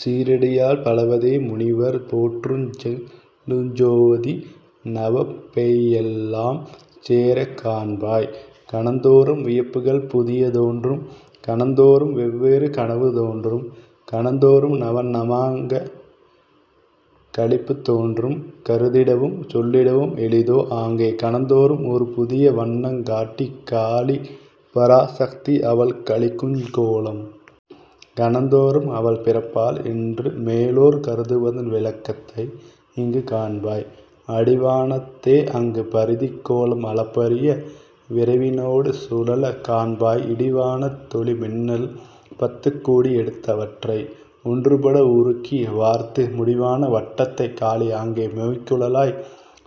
சீரடியால் பழவதே முனிவர் போற்றுஞ் செழுஞ்சோதி நவப்பையெலாம் சேரக் காண்பாய். 'கணந்தோறும் வியப்புக்கள் புதிய தோன்றும்; கணந்தோறும் வெவ்வேறு கனவு தோன்றும்; கணந்தோறும் நவநவமாங் களிப்புத் தோன்றும்; கருதிடவும் சொல்லிடவும் எளிதோ? ஆங்கே, கணந்தோறும் ஒருபுதிய வண்ணங் காட்டிக் காளிபரா சக்தி அவள் களிக்குங் கோலம்। கணந்தோறும் அவள் பிறப்பாள் என்று மேலோர் கருதுவதன் விளக்கத்தை இங்குக் காண்பாய். 'அடிவானத் தேஅங்கு பரிதிக் கோளம் அளப்பரிய விரைவினொடு சுழலக் காண்பாய் இடிவானத் தொளிமின்னல் பத்துக் கோடி எடுத்தவற்றை ஒன்றுபட உருக்கி வார்த்து, முடிவான வட்டத்தைக் காளி ஆங்கே மொய்குழலாய்,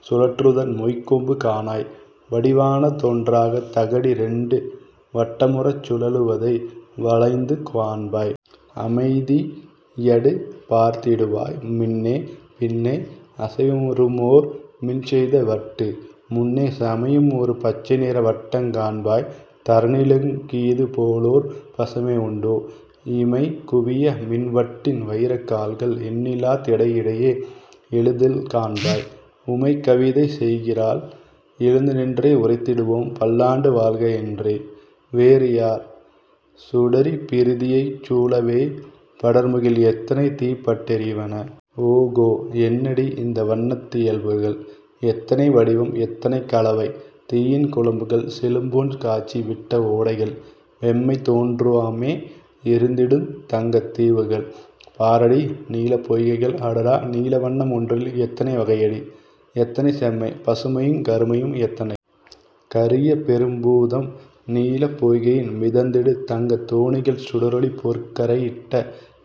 சுழற்றுவதன் மொய்ம்பு காணாய்! வடிவான தொன்றாகத் தகடி ரண்டு வட்டமுறச் சுழலுவதை வளைந்து காண்பாய். அமைதியடு பார்த்திடுவாய் மின்னே! பின்னே அசைவுறுமோர் மின்செய்த வட்டு; முன்னே சமையுமொரு பச்சைநிற வட்டங் காண்பாய். தரணியிலிங் கிதுபோலோர் பசுமை உண்டோ? இமைகுவிய மின்வட்டின் வயிரக் கால்கள் எண்ணில்லா திடையிடையே எழுதல் காண்பாய்; உமை கவிதை செய்கின்றாள், எழுந்து நின்றே உரைத்திடுவோம்,''பல்லாண்டு வாழ்க! ''என்றே. வேறு 'பார்; சுடர்ப்பிரிதியைச் சூழவே படர்முகில் எத்தனை தீப்பட் டெரிவன? ஓகோ! என்னடி! இந்த வன்னத் தியல்புகள்! எத்தனை வடிவம்! எத்தனை கலவை! தீயின் குழம்புகள்! -செழும்பொன் காய்ச்சி விட்ட ஓடைகள்! -வெம்மை தோன்றாமே எரிந்திடுந் தங்கத் தீவுகள்! -பாரடி! நீலப் பொய்கைகள்! -அடடா, நீல வன்ன மொன்றில் எத்தனை வகையடி! எத்தனை செம்மை! பசுமையுங் கருமையும், எத்தனை! -கரிய பெரும்பெரும் பூதம்! நீலப் பொய்கையின் மிதந்திடுந் தங்கத் தோணிகள் சுடரொளிப் பொற்கரை யிட்ட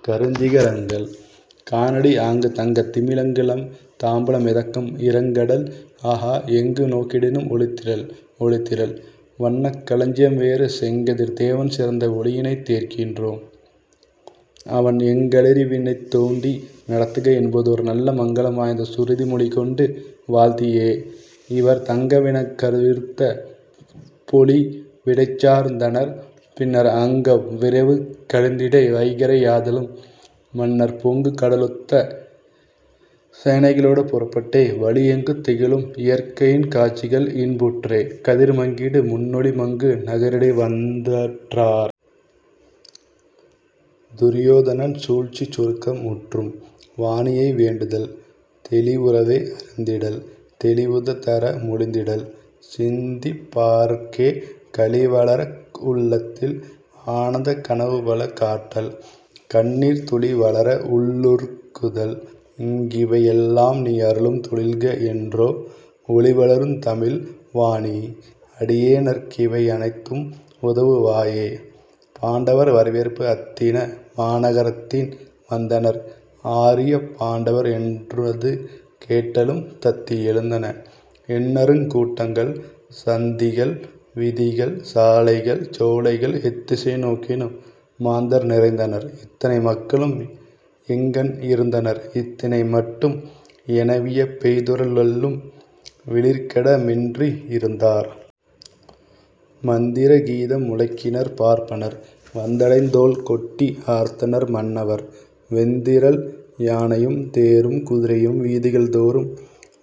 கருஞ்சிக ரங்கள்! -காணடி, ஆங்கு தங்கத் திமிங்கிலம் தாம்பல மிதக்கும் இருட்கடல்! -ஆஹா! எங்கு நோக்கிடினும் ஒளித்திரள்! ஒளித்திரள்! வன்னக் களஞ்சியம்! ' வேறு 'செங்கதிர்த்தேவன் சிறந்த ஒளியினைத் தேர்கின்றோம்-அவன் எங்களறிவினைத் தூண்டி நடத்துக'என்பதோர் நல்ல மங்களம் வாய்ந்த சுருதி மொழிகொண்டு வாழ்த்தியே-இவர் தங்க வினங்க விருந்த பொழி விடைச்சார்ந் தனர்-பின்னர் அங்கவ் விரவு கழிந்திட, வைகறை யாதலும்-மன்னர் பொங்குகடலொத்த சேனைகளோடு புறப்பட்டே,-வழி எங்குந் திகழும் இயற்கையின் காட்சியில் இன்புற்றே,-கதிர் மங்கிடு முன்னொளி மங்கு நகரிடை வந்துற்றார். துரியோதனன் சூழ்ச்சிச் சுருக்கம் முற்றும். வாணியை வேண்டுதல் தெளிவுறவே அறிந்திடல்; தெளிவுதர மொழிந்திடுதல்; சிந்திப் பார்க்கே களிவளர உள்ளத்தில் ஆனந்தக் கனவுபல காட்டல், கண்ணீர்த் துளி வளரஉள் ளுருக்குதல், இங் கிவையெல்லாம் நீஅருளும் தொழில்க ளன்றோ? ஒளிவளருந் தமிழ் வாணீ! அடியனேற் கிவையனைத்தும் உதவு வாயே!. பாண்டவர் வரவேற்பு அத்தின மாநக ரத்தினில் வந்தனர் ஆரியப் பாண்டவர் என்றது கேட்டலும், தத்தி எழுந்தன எண்ணருங் கூட்டங்கள், சந்திகள், வீதிகள், சாலைகள், சோலைகள்; எத்திசை நோக்கினும் மாந்தர் நிறைந்தனர்; இத்தனை மக்களும் எங்கண் இருந்தனர் இத்தின மட்டும் எனவியப் பெய்துற எள்ளும் விழற்கிட மின்றி யிருந்தார். மந்திர கீதம் முழக்கினர் பார்ப்பனர்; வந்தடந் தோள்கொட்டி ஆர்த்தனர் மன்னவர்; வெந்திறல் யானையும் தேரும் குதிரையும் வீதிகள் தோறும்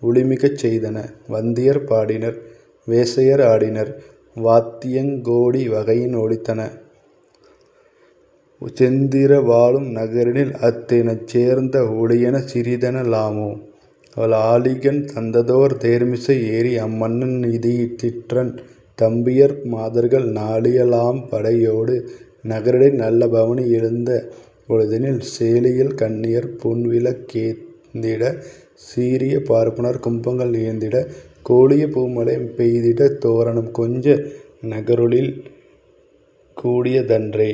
ஒலிமிகச் செய்தன; வந்தியர் பாடினர், வேசையர் ஆடினர்; வாத்தியங் கோடி வகையின் ஒலித்தன; செந்திரு வாழும் நகரினில் அத்தினஞ் சேர்ந்த ஒலியைச் சிறிதென லாமொ! வாலிகன் தந்ததொர் தேர்மிசை ஏறி, அம் மன்னன் யிதிட்டிரன் தம்பியர் மாதர்கள் நாலிய லாம்படை யோடு நகரிடை நல்ல பவனி எழுந்த பொழுதினில் சேலியல் கண்ணியர் பொன்விளக் கேந்திடச் சீரிய பார்ப்பனர் கும்பங்கள் ஏந்திடக் கோலிய பூமழை பெய்திடத் தோரணம் கொஞ்ச, நகரெழில் கூடிய தன்றே.